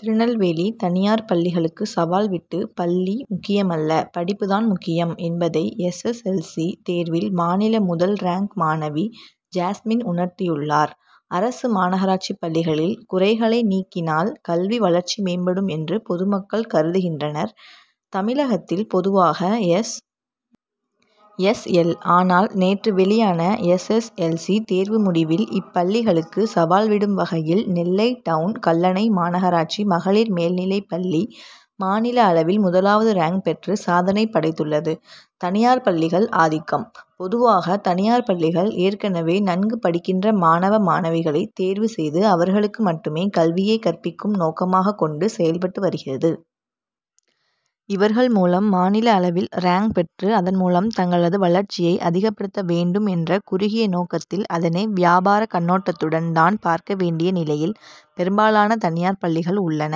திருநெல்வேலி தனியார் பள்ளிகளுக்கு சவால்விட்டு பள்ளி முக்கியமல்ல, படிப்புதான் முக்கியம் என்பதை எஸ். எஸ். எல். சி தேர்வில் மாநில முதல் ரேங்க் மாணவி ஜாஸ்மின் உணர்த்தியுள்ளார். அரசு, மாநகராட்சி பள்ளிகளில் குறைகளை நீக்கினால் கல்வி வளர்ச்சி மேம்படும் என்று பொதுமக்கள் கருதுகின்றனர். தமிழகத்தில் பொதுவாக எஸ். எஸ். எல். ஆனால் நேற்று வெளியான எஸ். எஸ். எல். சி தேர்வு முடிவில் இப்பள்ளிகளுக்கு சவால்விடும் வகையில் நெல்லை டவுன் கல்லணை மாநகராட்சி மகளிர் மேல்நிலைப் பள்ளி மாநில அளவில் முதலாவது ரேங்க் பெற்று சாதனை படைத்துள்ளது. தனியார் பள்ளிகள் ஆதிக்கம்: பொதுவாக தனியார் பள்ளிகள் ஏற்கனவே நன்கு படிக்கின்ற மாணவ, மாணவிகளை தேர்வு செய்து அவர்களுக்கு மட்டுமே கல்வியை கற்பிக்கும் நோக்கமாக கொண்டு செயல்பட்டு வருகிறது. இவர்கள் மூலம் மாநில அளவில் ரேங்க் பெற்று அதன் மூலம் தங்களது வளர்ச்சியை அதிகப்படுத்த வேண்டும் என்ற குறுகிய நோக்கத்தில் அதனை வியாபார கண்ணோட்டத்துடன்தான் பார்க்க வேண்டிய நிலையில் பெரும்பாலான தனியார் பள்ளிகள் உள்ளன.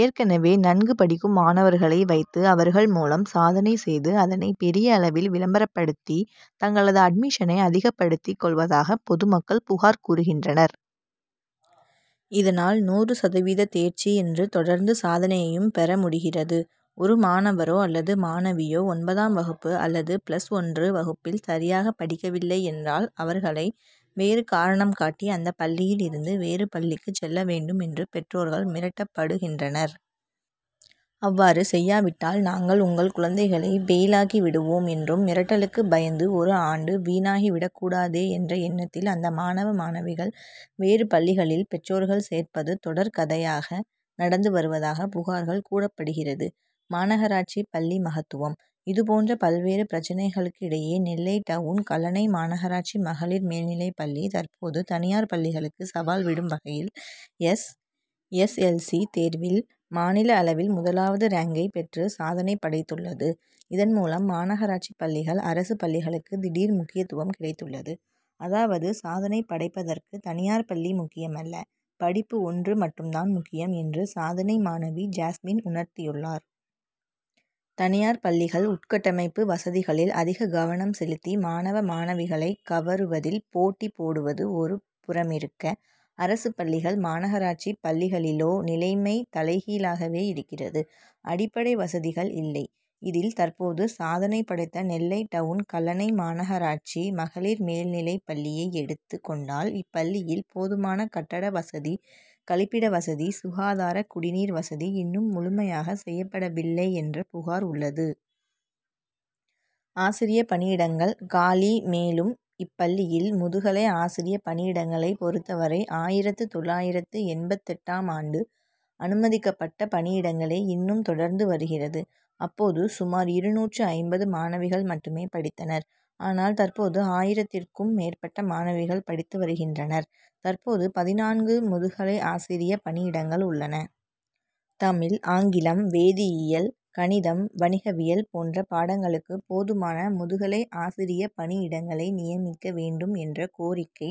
ஏற்கனவே நன்கு படிக்கும் மாணவர்களை வைத்து அவர்கள் மூலம் சாதனை செய்து அதனை பெரிய அளவில் விளம்பரப்படுத்தி தங்களது அட்மிஷனை அதிகப்படுத்தி கொள்வதாக பொதுமக்கள் புகார் கூறுகின்றனர். இதனால் நூறு சதவீத தேர்ச்சி என்று தொடர்ந்து சாதனையையும் பெற முடிகிறது. ஒரு மாணவரோ அல்லது மாணவியோ ஒன்பதாம் வகுப்பு அல்லது பிளஸ் ஒன்று வகுப்பில் சரியாக படிக்கவில்லை என்றால் அவர்களை வேறு காரணம் காட்டி அந்த பள்ளியில் இருந்து வேறு பள்ளிக்கு செல்ல வேண்டும் என்று பெற்றோர்கள் மிரட்டப்படுகின்றனர். அவ்வாறு செய்யாவிட்டால் நாங்கள் உங்கள் குழந்தைகளை பெயிலாக்கி விடுவோம் என்றும் மிரட்டலுக்கு பயந்து ஒரு ஆண்டு வீணாகிவிட கூடாதே என்ற எண்ணத்தில் அந்த மாணவ, மாணவிகள் வேறு பள்ளிகளில் பெற்றோர்கள் சேர்ப்பது தொடர் கதையாக நடந்து வருவதாக புகார்கள் கூறப்படுகிறது. மாநகராட்சி பள்ளி மகத்துவம்: இதுபோன்ற பல்வேறு பிரச்னைகளுக்கு இடையே நெல்லை டவுன் கல்லணை மாநகராட்சி மகளிர் மேல்நிலைப் பள்ளி தற்போது தனியார் பள்ளிகளுக்கு சவால்விடும் வகையில் எஸ். எஸ். எல். சி தேர்வில் மாநில அளவில் முதலாவது ரேங்கை பெற்று சாதனை படைத்துள்ளது. இதன் மூலம் மாநகராட்சி பள்ளிகள், அரசு பள்ளிகளுக்கு திடீர் முக்கியத்துவம் கிடைத்துள்ளது. அதாவது, சாதனை படைப்பதற்கு தனியார் பள்ளி முக்கியமல்ல, படிப்பு ஒன்று மட்டும்தான் முக்கியம் என்று சாதனை மாணவி ஜாஸ்மின் உணர்த்தியுள்ளார். தனியார் பள்ளிகள் உட்கட்டமைப்பு வசதிகளில் அதிக கவனம் செலுத்தி மாணவ, மாணவிகளை கவருவதில் போட்டி போடுவது ஒருபுறமிருக்க, அரசு பள்ளிகள், மாநகராட்சி பள்ளிகளிலோ நிலைமை தலைகீழாகவே இருக்கிறது. அடிப்படை வசதிகள் இல்லை: இதில் தற்போது சாதனை படைத்த நெல்லை டவுன் கல்லணை மாநகராட்சி மகளிர் மேல்நிலைப் பள்ளியை எடுத்து கொண்டால் இப்பள்ளியில் போதுமான கட்டட வசதி, கழிப்பிட வசதி, சுகாதார குடிநீர் வசதி இன்னும் முழுமையாக செய்யப்படவில்லை என்ற புகார் உள்ளது. ஆசிரிய பணியிடங்கள் "காலி': மேலும், இப்பள்ளியில் முதுகலை ஆசிரிய பணியிடங்களை பொறுத்தவரை ஆயிரத்து தொள்ளாயிரத்து எழுபத்தெட்டாம் ஆண்டு அனுமதிக்கப்பட்ட பணியிடங்களே இன்னும் தொடர்ந்து வருகிறது. அப்போது சுமார் இருநூற்று ஐம்பது மாணவிகள் மட்டுமே படித்தனர். ஆனால் தற்போது ஆயிரத்திற்கும் மேற்பட்ட மாணவிகள் படித்து வருகின்றனர். தற்போது பதினான்கு முதுகலை ஆசிரிய பணியிடங்கள் உள்ளன. தமிழ், ஆங்கிலம், வேதியியல், கணிதம், வணிகவியல் போன்ற பாடங்களுக்கு போதுமான முதுகலை ஆசிரிய பணியிடங்களை நியமிக்க வேண்டும் என்ற கோரிக்கை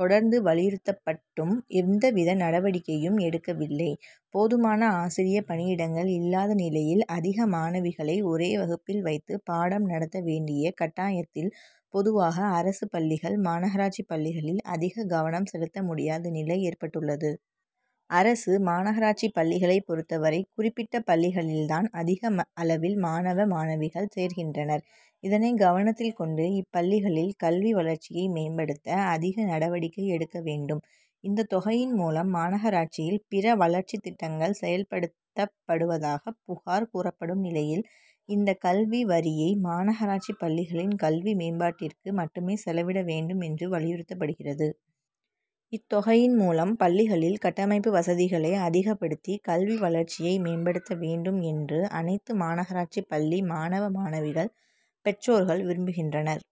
தொடர்ந்து வலியுறுத்தப்பட்டும் எந்தவித நடவடிக்கையும் எடுக்கவில்லை. போதுமான ஆசிரிய பணியிடங்கள் இல்லாத நிலையில் அதிக மாணவிகளை ஒரே வகுப்பில் வைத்து பாடம் நடத்த வேண்டிய கட்டாயத்தில் பொதுவாக அரசு பள்ளிகள், மாநகராட்சி பள்ளிகளில் அதிக கவனம் செலுத்த முடியாத நிலை ஏற்பட்டுள்ளது. அரசு, மாநகராட்சி பள்ளிகளை பொறுத்தவரை குறிப்பிட்ட பள்ளிகளில்தான் அதிக அளவில் மாணவ, மாணவிகள் சேர்கின்றனர். இதனை கவனத்தில் கொண்டு இப்பள்ளிகளில் கல்வி வளர்ச்சியை மேம்படுத்த அதிக நடவடிக்கை எடுக்க வேண்டும். இந்த தொகையின் மூலம் மாநகராட்சியில் பிற வளர்ச்சி திட்டங்கள் செயல்படுத்தப்படுவதாக புகார் கூறப்படும் நிலையில் இந்த கல்வி வரியை மாநகராட்சி பள்ளிகளின் கல்வி மேம்பாட்டிற்கு மட்டுமே செலவிட வேண்டும் என்று வலியுறுத்தப்படுகிறது. இத்தொகையின் மூலம் பள்ளிகளில் கட்டமைப்பு வசதிகளை அதிகப்படுத்தி கல்வி வளர்ச்சியை மேம்படுத்த வேண்டும் என்று அனைத்து மாநகராட்சி பள்ளி மாணவ, மாணவிகள், பெற்றோர்கள் விரும்புகின்றனர்.